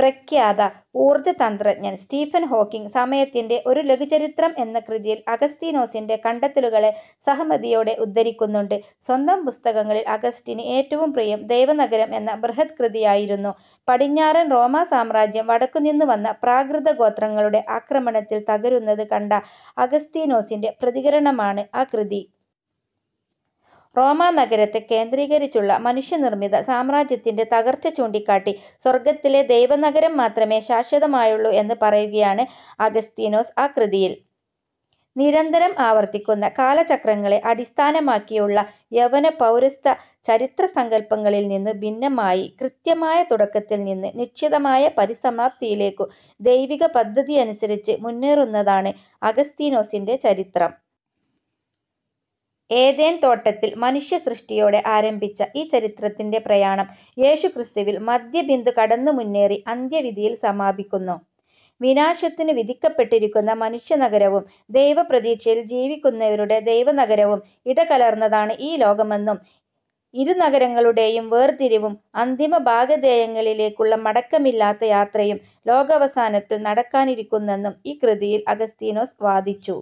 പ്രഖ്യാത ഊർജ്ജതന്ത്രജ്ഞൻ Stephen Hawking, സമയത്തിന്റെ ഒരു ലഘു ചരിത്രം എന്ന കൃതിയിൽ അഗസ്തീനോസിന്റെ കണ്ടെത്തലുകളെ സഹമതിയോടെ ഉദ്ധരിക്കുന്നുണ്ട്. സ്വന്തം പുസ്തകങ്ങളിൽ അഗസ്റ്റിന് ഏറ്റവും പ്രിയം ദൈവനഗരം എന്ന ബൃഹത്കൃതിയായിരുന്നു. പടിഞ്ഞാറൻ റോമാ സാമ്രാജ്യം, വടക്കുനിന്നു വന്ന 'പ്രാകൃതഗോത്രങ്ങളുടെ' ആക്രമണത്തിൽ തകരുന്നത് കണ്ട അഗസ്തീനോസിന്റെ പ്രതികരണമാണ് ആ കൃതി. റോമാനഗരത്തെ കേന്ദ്രീകരിച്ചുള്ള മനുഷ്യനിർമ്മിത സാമ്രാജ്യത്തിന്റെ തകർച്ച ചൂണ്ടിക്കാട്ടി, സ്വർഗ്ഗത്തിലെ ദൈവനഗരം മാത്രമേ ശാശ്വതമായുള്ളു എന്ന് പറയുകയാണ് അഗസ്തീനോസ് ആ കൃതിയിൽ. നിരന്തരം ആവർത്തിക്കുന്ന കാലചക്രങ്ങളെ അടിസ്ഥനമാക്കിയുള്ള യവന, പൗരസ്ത്യ ചരിത്രസങ്കല്പങ്ങളിൽ നിന്നു ഭിന്നമായി, കൃത്യമായ തുടക്കത്തിൽ നിന്ന് നിശ്ചിതമായ പരിസമാപ്തിയിലേയ്ക്കു ദൈവികപദ്ധതിയനുസരിച്ച് മുന്നേറുന്നതാണ് അഗസ്തീനോസിന്റെ ചരിത്രം. ഏദേൻ തോട്ടത്തിൽ മനുഷ്യസൃഷ്ടിയോടെ ആരംഭിച്ച ഈ ചരിത്രത്തിന്റെ പ്രയാണം യേശുക്രിസ്തുവിൽ മദ്ധ്യബിന്ദു കടന്നു മുന്നേറി അന്ത്യവിധിയിൽ സമാപിക്കുന്നു. വിനാശത്തിനു വിധിക്കപ്പെട്ടിരിക്കുന്ന മനുഷ്യനഗരവും, ദൈവപ്രതീക്ഷയിൽ ജീവിക്കുന്നവരുടെ ദൈവനഗരവും ഇടകലർന്നതാണ് ഈ ലോകമെന്നും ഇരുനഗരങ്ങളുടേയും വേർതിരിവും അന്തിമഭാഗധേയങ്ങളിലേയ്ക്കുള്ള മടക്കമില്ലാത്ത യാത്രയും ലോകാവസാനത്തിൽ നടക്കാനിരിക്കുന്നെന്നും ഈ കൃതിയിൽ അഗസ്തീനോസ് വാദിച്ചു.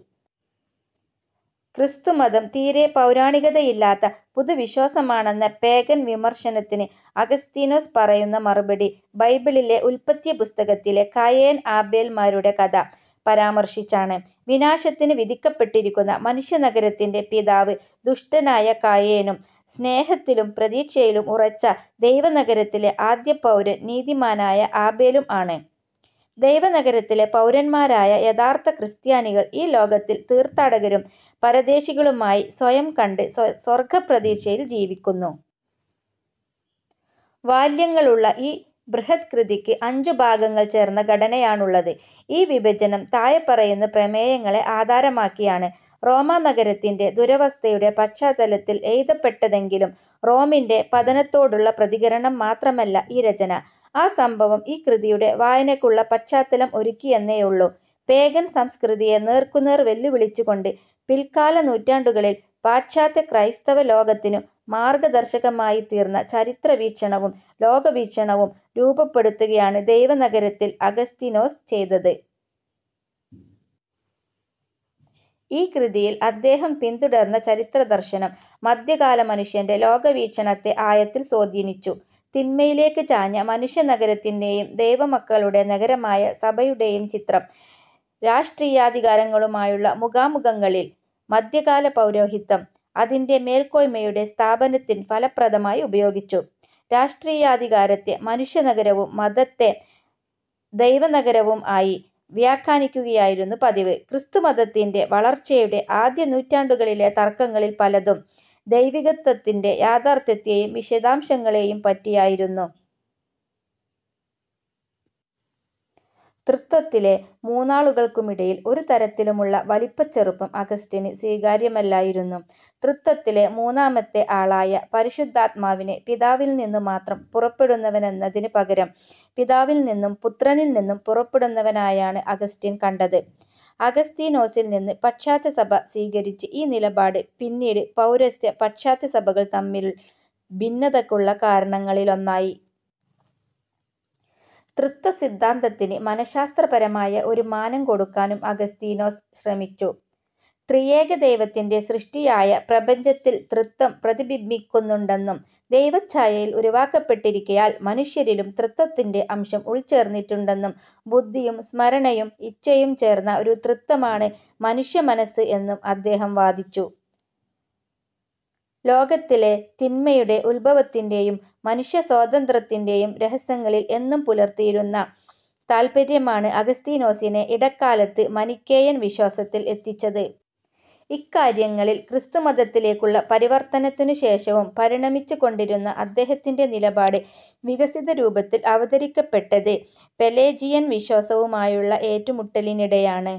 ക്രിസ്തുമതം തീരെ പൗരാണികതയില്ലാത്ത പുതുവിശ്വാസമാണെന്ന 'പേഗൻ' വിമർശനത്തിന് അഗസ്തീനോസ് പറയുന്ന മറുപടി ബൈബിളിലെ ഉല്പത്തി പുസ്തകത്തിലെ കായേൻ ആബേൽ-മാരുടെ കഥ പരാമർശിച്ചാണ്. വിനാശത്തിനു വിധിക്കപ്പെട്ടിരിക്കുന്ന മനുഷ്യനഗരത്തിന്റെ പിതാവ് ദുഷ്ടനായ കായേനും സ്നേഹത്തിലും പ്രതീക്ഷയിലും ഉറച്ച ദൈവനഗരത്തിലെ ആദ്യപൗരൻ നീതിമാനായ ആബേലും ആണ്. ദൈവനഗരത്തിലെ പൗരന്മാരായ യഥാർത്ഥ ക്രിസ്ത്യാനികൾ ഈ ലോകത്തിൽ തീർത്ഥാടകരും പരദേശികളുമായി സ്വയം കണ്ട് സ്വർഗ്ഗപ്രതീക്ഷയിൽ ജീവിക്കുന്നു. വാല്യങ്ങളുള്ള ഈ ബൃഹദ്കൃതിയ്ക്ക് അഞ്ചു ഭാഗങ്ങൾ ചേർന്ന ഘടനയാണുള്ളത്. ഈ വിഭജനം താഴെപ്പറയുന്ന പ്രമേയങ്ങളെ ആധാരമാക്കിയാണ്: റോമാനഗരത്തിന്റെ ദുരവസ്ഥയുടെ പശ്ചാത്തലത്തിൽ എഴുതപ്പെട്ടതെങ്കിലും റോമിന്റെ പതനത്തോടുള്ള പ്രതികരണം മാത്രമല്ല ഈ രചന. ആ സംഭവം ഈ കൃതിയുടെ വായനയ്ക്കുള്ള പശ്ചത്താലം ഒരുക്കിയെന്നേയുള്ളു. പേഗൻ സംസ്കൃതിയെ നേർക്കുനേർ വെല്ലുവിളിച്ചുകൊണ്ട്, പിൽക്കാലനൂറ്റാണ്ടുകളിൽ പാശ്ചാത്യക്രൈസ്തവലോകത്തിനു മാർഗ്ഗദർശകമായിത്തീർന്ന ചരിത്രവീക്ഷണവും ലോകവീക്ഷണവും രൂപപ്പെടുത്തുകയാണ് ദൈവനഗരത്തിൽ അഗസ്തീനൊസ് ചെയ്തത്. ഈ കൃതിയിൽ അദ്ദേഹം പിന്തുടർന്ന ചരിത്രദർശനം, മദ്ധ്യകാലമനുഷ്യന്റെ ലോകവീക്ഷണത്തെ ആഴത്തിൽ സ്വാധീനിച്ചു. തിന്മയിലേയ്ക്ക് ചാഞ്ഞ മനുഷ്യനഗരത്തിന്റേയും ദൈവമക്കളുടെ നഗരമായ സഭടേയും ചിത്രം, രാഷ്ടീയാധികാരങ്ങളുമായുള്ള മുഖാമുഖങ്ങളിൽ മദ്ധ്യകാലപൗരോഹിത്യം അതിന്റെ മേൽക്കോയ്മയുടെ സ്ഥാപനത്തിന് ഫലപ്രദമായി ഉപയോഗിച്ചു. രാഷ്ടീയാധികാരത്തെ മനുഷ്യനഗരവും മതത്തെ ദൈവനഗരവും ആയി വ്യാഖ്യാനിക്കുകയായിരുന്നു പതിവ്. ക്രിസ്തുമതത്തിന്റെ വളർച്ചയുടെ ആദ്യനൂറ്റാണ്ടുകളിലെ തർക്കങ്ങളിൽ പലതും ദൈവികത്രിത്വത്തിന്റെ യാഥാർത്ഥ്യത്തേയും വിശദാംശങ്ങളേയും പറ്റിയായിരുന്നു. ത്രിത്വത്തിലെ മൂന്നാളുകൾക്കുമിടയിൽ ഒരുതരത്തിലുമുള്ള വലിപ്പച്ചെറുപ്പം അഗസ്റ്റിന് സ്വീകാര്യമല്ലായിരുന്നു. ത്രിത്വത്തിലെ മൂന്നാമത്തെ ആളായ പരിശുദ്ധാത്മാവിനെ പിതാവിൽ നിന്നു മാത്രം പുറപ്പെടുന്നവനെന്നതിന് പകരം പിതാവിൽ നിന്നും പുത്രനിൽ നിന്നും പുറപ്പെടുന്നവനായാണ് അഗസ്റ്റിൻ കണ്ടത്. അഗസ്തീനോസിൽ നിന്ന് പാശ്ചാത്യസഭ സ്വീകരിച്ച് ഈ നിലപാട്, പിന്നീട് പൗരസ്ത്യ-പാശ്ചാത്യസഭകൾ തമ്മിൽ ഭിന്നതക്കുള്ള കാരണങ്ങളിലൊന്നായി. ത്രിത്വസിദ്ധാന്തത്തിന് മനശാസ്ത്രപരമായ ഒരു മാനം കൊടുക്കാനും അഗസ്തീനോസ് ശ്രമിച്ചു. ത്രിയേകദൈവത്തിന്റെ സൃഷ്ടിയായ പ്രപഞ്ചത്തിൽ ത്രിത്വം പ്രതിബിംബിക്കുന്നുണ്ടെന്നും ദൈവഛായയിൽ ഉരുവാക്കപ്പെട്ടിരിക്കയാൽ മനുഷ്യരിലും ത്രിത്വത്തിന്റെ അംശം ഉൾച്ചേർന്നിട്ടുണ്ടെന്നും ബുദ്ധിയും സ്മരണയും ഇച്ഛയും ചേർന്ന ഒരു ത്രിത്വമാണ് മനുഷ്യമനസ്സ് എന്നും അദ്ദേഹം വാദിച്ചു. ലോകത്തിലെ തിന്മയുടെ ഉത്ഭവത്തിന്റേയും മനുഷ്യസ്വാതന്ത്ര്യത്തിന്റേയും രഹസ്യങ്ങളിൽ എന്നും പുലർത്തിയിരുന്ന താത്പര്യമാണ് അഗസ്തീനോസിനെ ഇടക്കാലത്ത് മനിക്കേയൻ വിശ്വാസത്തിൽ എത്തിച്ചത്. ഇക്കാര്യങ്ങളിൽ, ക്രിസ്തുമതത്തിലേയ്ക്കുള്ള പരിവർത്തനത്തിനു ശേഷവും പരിണമിച്ചുകൊണ്ടിരുന്ന അദ്ദേഹത്തിന്റെ നിലപാട്, വികസിതരൂപത്തിൽ അവതരിപ്പിക്കപ്പെട്ടത് പെലേജിയൻ വിശ്വാസവുമായുള്ള ഏറ്റുമുട്ടലിനിടെയാണ്.